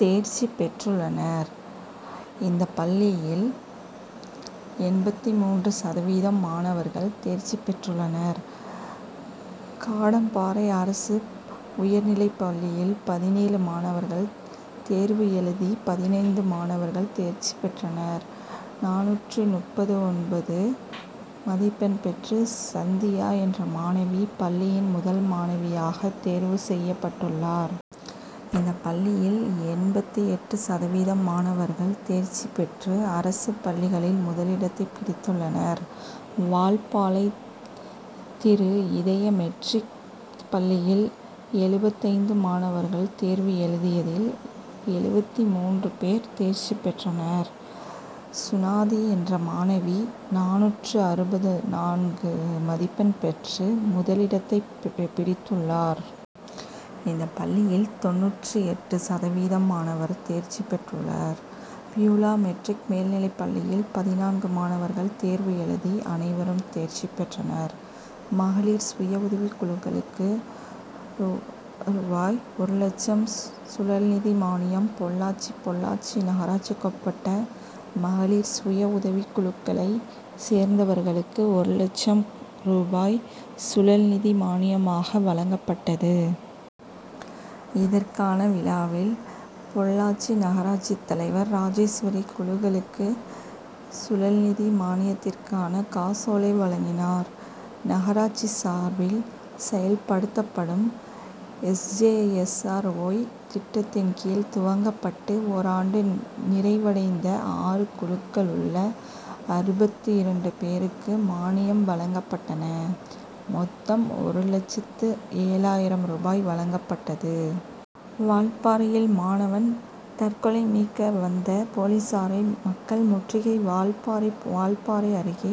தேர்ச்சி பெற்றுள்ளனர். இந்த பள்ளியில் எண்பத்து மூன்று சதவீதம் மாணவர்கள் தேர்ச்சி பெற்றுள்ளனர். காடம்பாறை அரசு உயர்நிலைப்பள்ளியில் பதினேழு மாணவர்கள் தேர்வு எழுதி பதினைந்து மாணவர்கள் தேர்ச்சி பெற்றனர். நானூற்று முப்பத்து ஒன்பது மதிப்பெண் பெற்று சந்தியா என்ற மாணவி பள்ளியின் முதல் மாணவியாக தேர்வு செய்யப் பட்டுள்ளார். இந்த பள்ளியில் எண்பத்து எட்டு சதவீதம் மாணவர்கள் தேர்ச்சி பெற்று அரசு பள்ளிகளில் முதலிடத்தை பிடித்துள்ளனர். வால்பாலை திருஇருதய மெட்ரிக் பள்ளியில் எழுபத்தைந்து மாணவர்கள் தேர்வு எழுதியதில், எழுபத்து மூன்று பேர் தேர்ச்சி பெற்றனர். சுனாதி என்ற மாணவி நானூற்று அறுபத்து நான்கு மதிப்பெண் பெற்று முதலிடத்தை பிடித்துள்ளார். இந்த பள்ளியில் தொண்ணூற்று எட்டு சதவீதம் மாணவர் தேர்ச்சி பெற்றுள்ளனர். பியூலாமெட்ரிக் மேல்நிலைப்பள்ளியில் பதினான்கு மாணவர்கள் தேர்வு எழுதி அனைவரும் தேர்ச்சி பெற்றனர். மகளிர் சுயஉதவிக்குழுக்களுக்கு ரூ. ஒரு லட்சம் சுழல்நிதி மானியம் பொள்ளாச்சி பொள்ளாச்சி நகராட்சிக்குட்பட்ட மகளிர் சுயஉதவிக்குழுக்களை சேர்ந்தவர்களுக்கு, ஒரு லட்சம் ரூபாய் சுழல்நிதி மானியமாக வழங்கப்பட்டது. இதற்கான விழாவில், பொள்ளாச்சி நகராட்சி தலைவர் ராஜேஸ்வரி, குழுக்களுக்கு சுழல்நிதி மானியத்திற்கான காசோலை வழங்கினார். நகராட்சி சார்பில் செயல்படுத்தப்படும் S. J. S. R. Y., திட்டத்தின் கீழ் துவங்கப்பட்டு, ஓர் ஆண்டு நிறைவடைந்த ஆறு குழுக்களிலுள்ள அறுபத்து இரண்டு பேருக்கு மானியம் வழங்கப்பட்டன. மொத்தம் ஒரு லட்சத்து ஏழாயிரம் ரூபாய் வழங்கப்பட்டது. வால்பாறையில் மாணவன் தற்கொலை மீட்க வந்த போலீசாரை மக்கள் முற்றுகை வால்பாறை வால்பாறை அருகே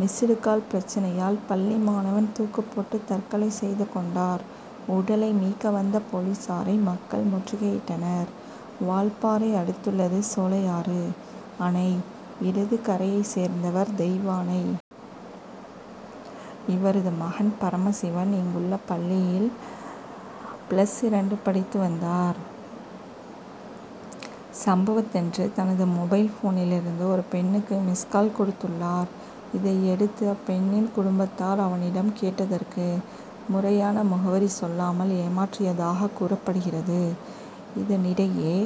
மிஸ்டுகால்' பிரச்னையால் பள்ளி மாணவன் தூக்கு போட்டு தற்கொலை செய்துகொண்டார். உடலை மீட்க வந்த போலீசாரை மக்கள் முற்றுகையிட்டனர். வால்பாறை அடுத்துள்ளது சோலையாறு அணை இடது கரையை சேர்ந்தவர் தெய்வானை. இவரது மகன் பரமசிவன். இங்குள்ள பள்ளியில் பிளஸ் இரண்டு படித்து வந்தார். சம்பவத்தன்று தனது மொபைல்போனிலிருந்து ஒரு பெண்ணுக்கு மிஸ்டுகால் கொடுத்துள்ளார். இதனையடுத்து பெண்ணின் குடும்பத்தார் அவனிடம் கேட்டதற்கு முறையான முகவரி சொல்லாமல் ஏமாற்றியதாக கூறப்படுகிறது. இதனிடையே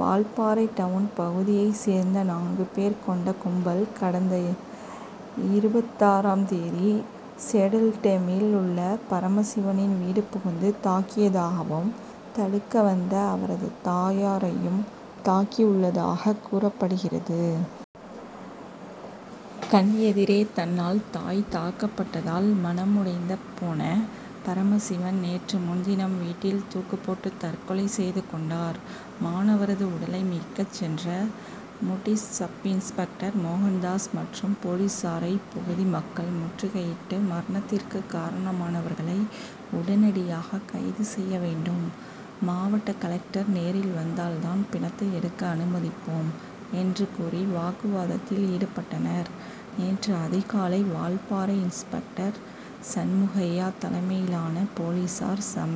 வால்பாறை டவுன் பகுதியை சேர்ந்த நான்கு பேர் கொண்ட கும்பல் கடந்த இருபத்தாறாம் தேதி சேடல்டேமில் உள்ள பரமசிவனின் வீடு புகுந்து தாக்கியதாகவும், தடுக்க வந்த அவரது தாயாரையும் தாக்கியுள்ளதாக கூறப் படுகிறது. கண் எதிரே தன்னால் தாய் தாக்கப்பட்டதால் மனம் உடைந்தப் போன பரமசிவன், நேற்றுமுன்தினம் வீட்டில் தூக்கு போட்டு தற்கொலை செய்து கொண்டார். மாணவரது உடலை மீட்க சென்ற முடீஸ் சப்-இன்ஸ்பெக்டர் மோகன்தாஸ் மற்றும் போலீசாரை இப்பகுதி மக்கள் முற்றுகையிட்டு, மரணத்திற்கு காரணமானவர்களை உடனடியாக கைது செய்ய வேண்டும், மாவட்ட கலெக்டர் நேரில் வந்தால் தான் பிணத்தை எடுக்க அனுமதிப்போம் என்று கூறி வாக்குவாதத்தில் ஈடுபட்டனர். நேற்று அதிகாலை வால்பாறை இன்ஸ்பெக்டர் சண்முகையா தலைமையிலான போலீசார் சம்பவ